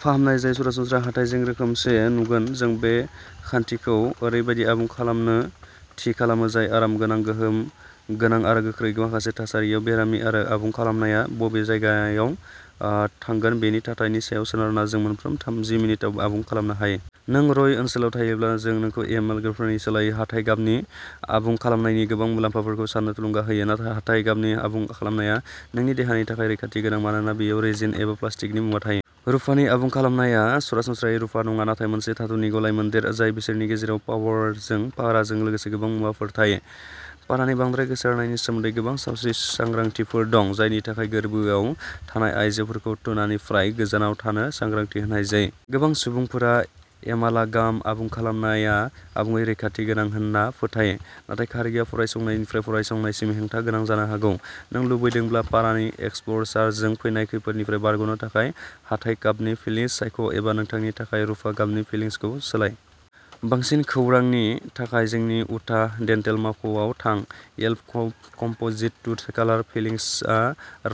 फाहामनाय जाय सरासनस्रा हाथाइजों रोखोमसे नुगोन। जों बे खान्थिखौ ओरैबायदि आबुं खालामनो थि खालामो जाय आरामगोनां, गोहोम गोनां आरो गोख्रै। माखासे थासारियाव, बेरामि आरो आबुं खालामनाया बबे जायगायाव ओ थांगोन बेनि थाथायनि सायाव सोनारना, जों मोनफ्रोम थामजि मिनिटाव आबुं खालामनो हायो। नों रय ओनसोलाव थायोब्ला, जों नोंखौ एमालगामफोरनि सोलायै हाथाइ गाबनि आबुं खालामनायनि गोबां मुलाम्फाफोरखौ सान्नो थुलुंगा होयो। हाथाइ गाबनि आबुं खालामनाया नोंनि देहानि थाखाय रैखाथि गोनां मानोना बेयाव रेजिन एबा प्लास्टिकनि मुवा थायो। रुफानि आबुं खालामनाया सरासनस्रायै रुफा नङा, नाथाय मोनसे धातुनि गलायमोन्देर जाय बिसोरनि गेजेराव पाराजों लोगोसे गोबां मुवाफोर थायो। पारानि बांद्राय गोसारनायनि सोमोन्दै गोबां सावस्रि सांग्रांथिफोर दं, जायनि थाखाय गोरबोआव थानाय आयजोफोरखौ टुनानिफ्राय गोजानाव थानो सांग्रांथि होनाय जायो। गोबां सुबुंफोरा एमालगाम आबुं खालामनाया आबुङै रैखाथि गोनां होनना फोथायो, नाथाय खारिआ फरायसंनायनिफ्राय फरायसंसिम हेंथा गोनां जानो हागौ। नों लुबैदोंब्ला पारानि एक्सप'जारजों फैनाय खैफोदनिफ्राय बारग'नो थाखाय, हाथाइ गाबनि फिलिंस सायख', एबा नोंथांनि थाखानाय रुफा गाबनि फिलिंसखौ सोलाय। बांसिन खौरांनि थाखाय जोंनि उटाह डेन्टेल मावख'आव थां। Yelp composite tooth colour fillings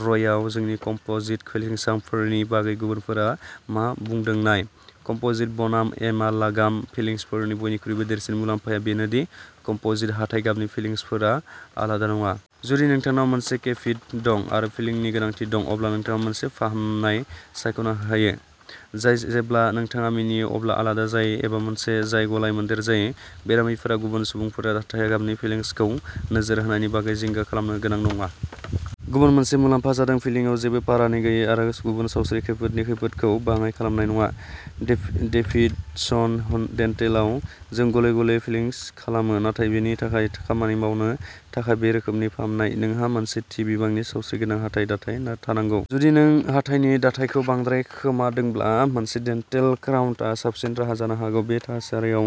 रयआव जोंनि कम्प'जिट फिलिंसफोरनि बागै गुबुनफोरा मा बुंदों नाय। कम्प'जिट बनाम एमालगाम फिलिंसफोरनि बयनिख्रुइ देरसिन मुलाम्फाया बेनो दि कम्प'जिट हाथाइ गाबनि फिलिंसफोरा आलादा नङा। जुदि नोंथांनाव मोनसे केभिटि दं आरो फिलिंनि गोनांथि दं, अब्ला नोंथाङा मोनसे फाहामनाय सायख'नो हायो जाय जेब्ला नोंथाङा मिनियो अब्ला आलादा जायो एबा मोनसे जाय गलाय-मोनदेर जायो। बेरामिफोरा गुबुन सुबुंफोरा हाथाइ गाबनि फिलिंसखौ नोजोर होनायनि बागै जिंगा खालामनो गोनां नङा। गुबुन मोनसे मुलाम्फाया जादों फिलिंआव जेबो पारानि गैयै आरो गुबुन सावस्रि खैफोदनि खैफोदखौ बाङाइ खालामनाय नङा। डेभिडसन डेन्टेलाव, जों गले-गले फिलिंस खालामो, नाथाय बेनि थाखाय। खामानि मावनो थाखाय बे रोखोमनि फाहामनाय, नोंहा मोनसे थि बिबांनि सावस्रिगोनां हाथाइ दाथाय थानांगौ। जुदि नों हाथाइनि दाथायखौ बांद्राय खोमादोंब्ला, मोनसे डेन्टेल क्राउनआ साबसिन राहा जानो हागौ। बे थासारियाव,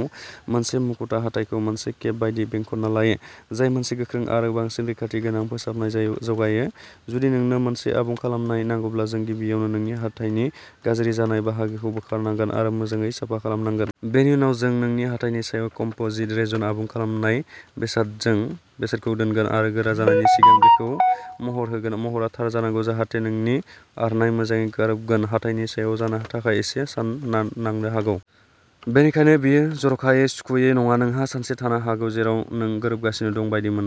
मोनसे मुकुतआ हाथाइखौ मोनसे केप बायदि बेंखनना लायो, जाय मोनसे गोख्रों आरो बांसिन रैखाथि गोनां फोसाबनाय जायो जगायो। जुदि नोंनो मोनसे आबुं खालामनाय नांगौब्ला, जों गिबियाव नोंनि हाथाइनि गाज्रि जानाय बाहागोखौ बोखारनांगोन आरो मोजाङै साफा खालामनांगौ। बेनि उनाव, जों नोंनि हाथाइनि सायाव कम्पोजिट रेजिन आबुं खालामनाय बेसादजों बेसादखौ दोनगोन आरो गोरा जानायनि सिगां बेखौ महर होगोन। महरआ थार जानांगौ जाहाथे नोंनि अरनाया मोजाङै गोरोबगोन। हाथाइनि सायाव जानो थाखाय इसे सान नांनो हागौ। बेनिखायनो, बेयो जर'खायै सुखुयै नङा, नोंहा सानसे थानो हागौ जेराव नों गोरोबगासिनो दं बायदि मोन।